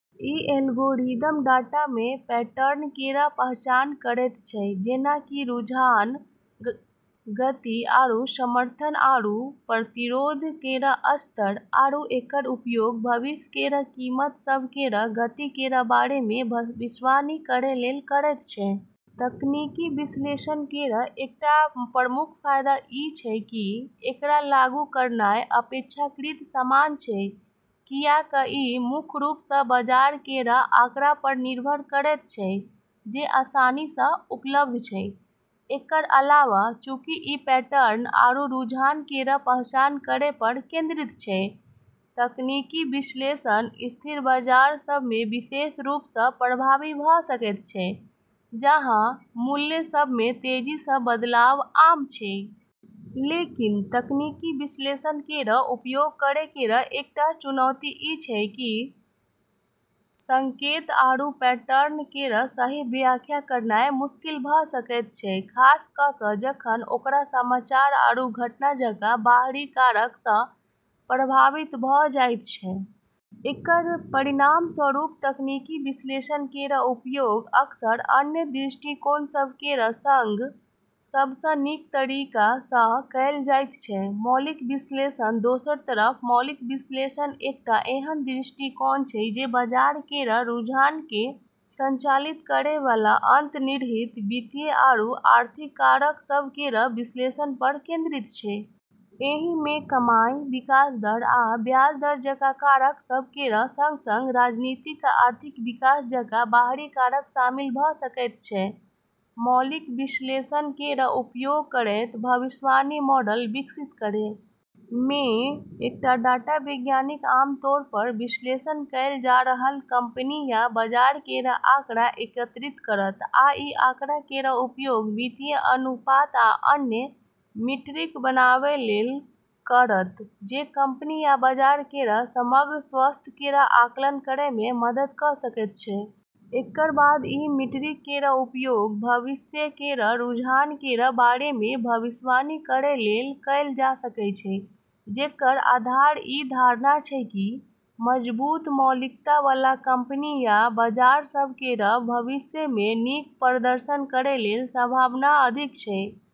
ई algorithm data मे pattern केर पहचान करैत छै, जेना कि रुझान, गति, आरू समर्थन आरू प्रतिरोध केर स्तर, आरू एकर उपयोग भविष्य केर कीमत सभ केर गति केर बारे मे भविष्यवाणी करै लेल करैत छै। तकनीकी विश्लेषण केर एकटा प्रमुख फायदा ई छै कि एकरा लागू करनाय अपेक्षाकृत आसान छै, कियाक ई मुख्य रूप सँ बाजार केर आँकड़ा पर निर्भर करैत छै जे आसानी सँ उपलब्ध छै। एकर अलावा, चूंकि ई पैटर्न आरू रुझान केर पहचान करै पर केंद्रित छै, तकनीकी विश्लेषण अस्थिर बाजार सभ मे विशेष रूप सँ प्रभावी भऽ सकैत छै, जहाँ मूल्य सभ मे तेजी सँ बदलाव आम छै। लेकिन तकनीकी विश्लेषण केर उपयोग करै केर एकटा चुनौती ई छै कि संकेत आरू पैटर्न केर सही व्याख्या करनाय मुश्किल भऽ सकैत छै, खास कऽ कऽ जखन ओकरा समाचार आरू घटना जकाँ बाहरी कारक सँ प्रभावित भऽ जाइत छै। एकर परिणामस्वरूप तकनीकी विश्लेषण केर उपयोग अक्सर अन्य दृष्टिकोण सभ केर सँग सब सँ नीक तरीका सँ कएल जाइत छै। मौलिक विश्लेषण दोसर तरफ मौलिक विश्लेषण एकटा एहन दृष्टिकोण छै जे बाजार केर रुझान केँ संचालित करै बला अंतर्निहित वित्तीय आरू आर्थिक कारक सभ केर विश्लेषण पर केंद्रित छै। एहि मे कमाई, विकास दर, आ ब्याज दर जकाँ कारक सभ केर सँग-सँग राजनीतिक आ आर्थिक विकास जकाँ बाहरी कारक शामिल भऽ सकैत छै। मौलिक विश्लेषण केर उपयोग करैत भविष्यवाणी मॉडल विकसित करै मे, एकटा डाटा वैज्ञानिक आम तौर पर विश्लेषण कएल जा रहल कंपनी या बाजार केर आँकड़ा एकत्रित करत, आ ई आँकड़ा केर उपयोग वित्तीय अनुपात आ अन्य मीट्रिक बनाबै लेल करत जे कंपनी या बाजार केर समग्र स्वास्थ्य केर आकलन करै मे मदद कऽ सकैत छै। एकर बाद ई मीट्रिक केर उपयोग भविष्य केर रुझान केर बारे मे भविष्यवाणी करै लेल कएल जा सकैत छै, जेकर आधार ई धारणा छै कि मजबूत मौलिकता बला कंपनी या बाजार सभ केर भविष्य मे नीक प्रदर्शन करै केर संभावना अधिक छै।